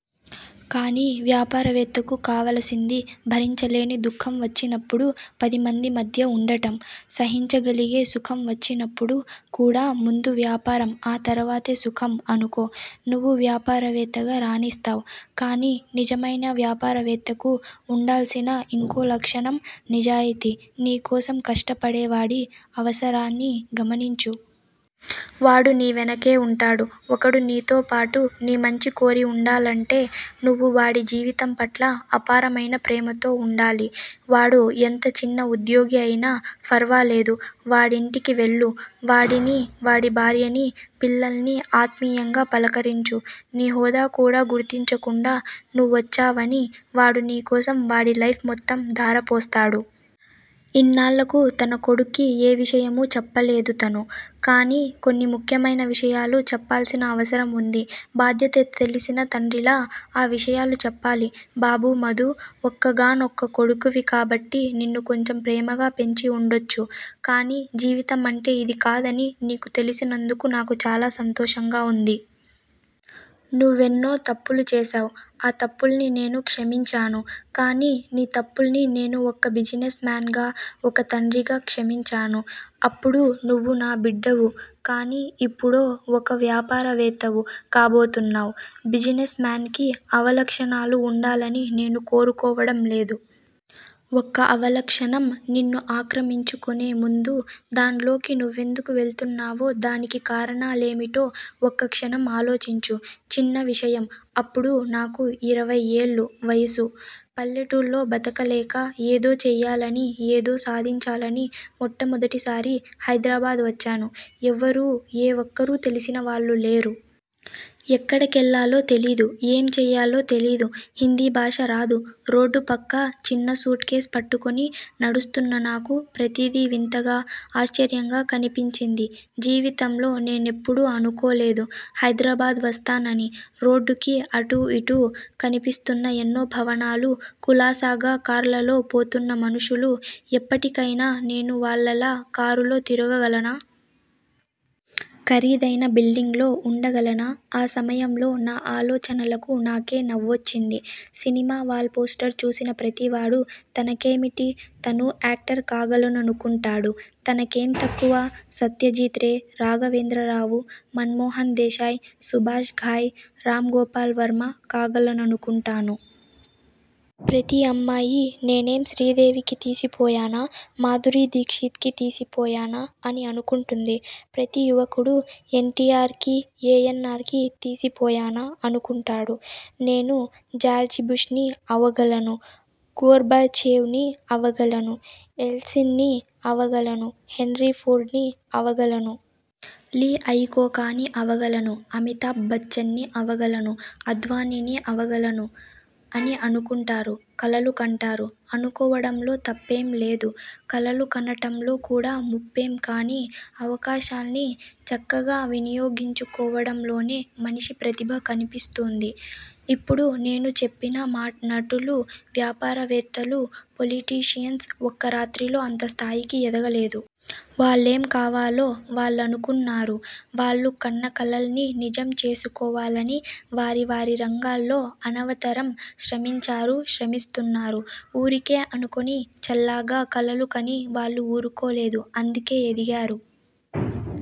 కానీ వ్యాపారవేత్తకు కావలసింది భరించలేని దుఃఖం వచ్చినప్పుడు పదిమంది మధ్య ఉండటం. సహించగలిగే సుఖం వచ్చినప్పుడు కూడా ముందు వ్యాపారం, ఆ తర్వాతే సుఖం అనుకో- నువ్వు వ్యాపారవేత్తగా రాణిస్తావ్- కానీ నిజమైన వ్యాపారవేత్తకు ఉండాల్సిన ఇంకో లక్షణం నిజాయితీ. నీ కోసం కష్టపడేవాడి అవసరాన్ని గమనించు. వాడు నీ వెనకే వుంటాడు. ఒకడు నీతో పాటు, నీ మంచి కోరి వుండాలంటే, నువ్వు వాడి జీవితం పట్ల అపారమైన ప్రేమతో వుండాలి. వాడు ఎంత చిన్న ఉద్యోగి అయినా ఫర్వాలేదు. వాడింటికి వెళ్ళు. వాడిని, వాడి భార్యని, పిల్లల్నీ ఆత్మీయంగా పలకరించు. నీ హోదా కూడా గుర్తించకుండా, నువ్వొచ్చావని వాడు నీకోసం వాడి లైఫ్ మొత్తం ధారపోస్తాడు. ఇన్నాళ్ళకు తన కొడుక్కి ఏ విషయమూ చెప్పలేదు తను. కానీ కొన్ని ముఖ్యమైన విషయాలు చెప్పాల్సిన అవసరం వుంది. బాధ్యత తెల్సిన తండ్రిలా ఆ విషయాలు చెప్పాలి. బాబూ! మధూ ఒక్కగానొక్క కొడుకువి కాబట్టి నిన్ను కొంచెం ప్రేమగా పెంచి వుండొచ్చు కానీ జీవితం అంటే ఇది కాదని నీకు తెల్సినందుకు నాకు చాలా సంతోషంగా వుంది. నువ్వెన్నో తప్పులు చేసావ్. ఆ తప్పుల్ని నేను క్షమించాను. కానీ నీ తప్పుల్ని నేను ఒక బిజినెస్ మాన్ గా, ఒక తండ్రిగా క్షమించాను. అప్పుడు నువ్వు నా బిడ్డవు. కాని ఇప్పుడు- ఒక వ్యాపారవేత్తవు కాబోతున్నావ్. బిజినెస్ మాన్ కి అవలక్షణాలు వుండాలని నేను కోరుకోవడం లేదు. ఒక అవలక్షణం నిన్ను ఆక్రమించుకునే ముందు, దాన్లోకి నువ్వెందుకు వెళుతున్నావో, దానికి కారణాలేమిటో ఒక్కక్షణం ఆలోచించు. చిన్న విషయం అప్పుడు నాకు ఇరవై ఏళ్ళ వయసు. పల్లెటూళ్ళో బతకలేక, ఏదో చెయ్యాలని, ఏదో సాధించాలని మొట్టమొదటిసారి హైద్రాబాద్ వచ్చాను. ఎవరూ, ఏ ఒక్కరూ తెల్సినవాళ్ళు లేరు. ఎక్కడికెళ్ళాలో తెలీదు. ఏం చెయ్యాలో తెలీదు. హిందీ భాష రాదు. రోడ్డు పక్క చిన్న సూట్ కేస్ పట్టుకొని నడుస్తున్న నాకు ప్రతీదీ వింతగా, ఆశ్చర్యంగా కనిపించింది. జీవితంలో నేనెప్పుడూ అనుకోలేదు హైద్రాబాద్ వస్తానని. రోడ్డుకి అటూ ఇటూ కన్పిస్తున్న ఎన్నో భవనాలు, కులాసాగా కార్లలో పోతున్న మనుషులు ఎప్పటికైనా నేను వాళ్ళలా కారులో తిరగగలనా? ఖరీదైన బిల్డింగ్ లో వుండగలనా? ఆ సమయంలో నా ఆలోచనలకు నాకే నవ్వొచ్చింది. సినిమా వాల్ పోస్టర్ చూసిన ప్రతివాడూ తనకేమిటి, తనూ యాక్టర్ కాగలననుకుంటాడు. తనకేం తక్కువ సత్యజిత్ రే, రాఘవేంద్రరావు, మాన్ మోహన్ దేశాయ్, సుభాష్ ఘాయ్, రామ్ గోపాల్ వర్మ కాగలననుకుంటాను. ప్రతి అమ్మాయీ నేనేం శ్రీదేవికి తీసిపోయానా, మాధురీ దీక్షిత్ కి తీసిపోయానా అని అనుకుంటుంది. ప్రతీ యువకుడూ ఎన్టీఆర్ కి, ఏఎన్నార్ కి, తీసిపోయానా అనుకుంటాడు. నేను జార్జిబుష్ ని అవగలను. గోర్భచేవ్ ని అవగలను. ఎల్సిని అవగలను. హెన్రీ ఫోర్డ్ ని అవగలను. లీ అయికోకాని అవగలను. అమితాబ్ బచ్చన్ని అవగలను. అద్వానీని అవగలను అని అనుకుంటారు. కలలు కంటారు. అనుకోవడంలో తప్పేంలేదు. కలలు కనటంలో కూడా ముప్పేం కాని అవకాశాల్ని చక్కగా వినియోగించుకోవడంలోనే మనిషి ప్రతిభ కన్పిస్తుంది. ఇప్పుడు నేను చెప్పిన నటులు, వ్యాపారవేత్తలు, పొలిటీషియన్స్ ఒక్క రాత్రిలో అంత స్థాయికి ఎదగలేదు. వాళ్ళేం కావాలో వాళ్ళనుకున్నారు- వాళ్ళు కన్న కలల్నీ నిజం చేసుకోవాలని వారి వారిరంగాల్లో అనవతరం శ్రమించారు, శ్రమిస్తున్నారు. ఊరికే అనుకొని- చలాగ్గా కలలు కని వాళ్ళు ఊరుకోలేదు. అందుకే ఎదిగారు.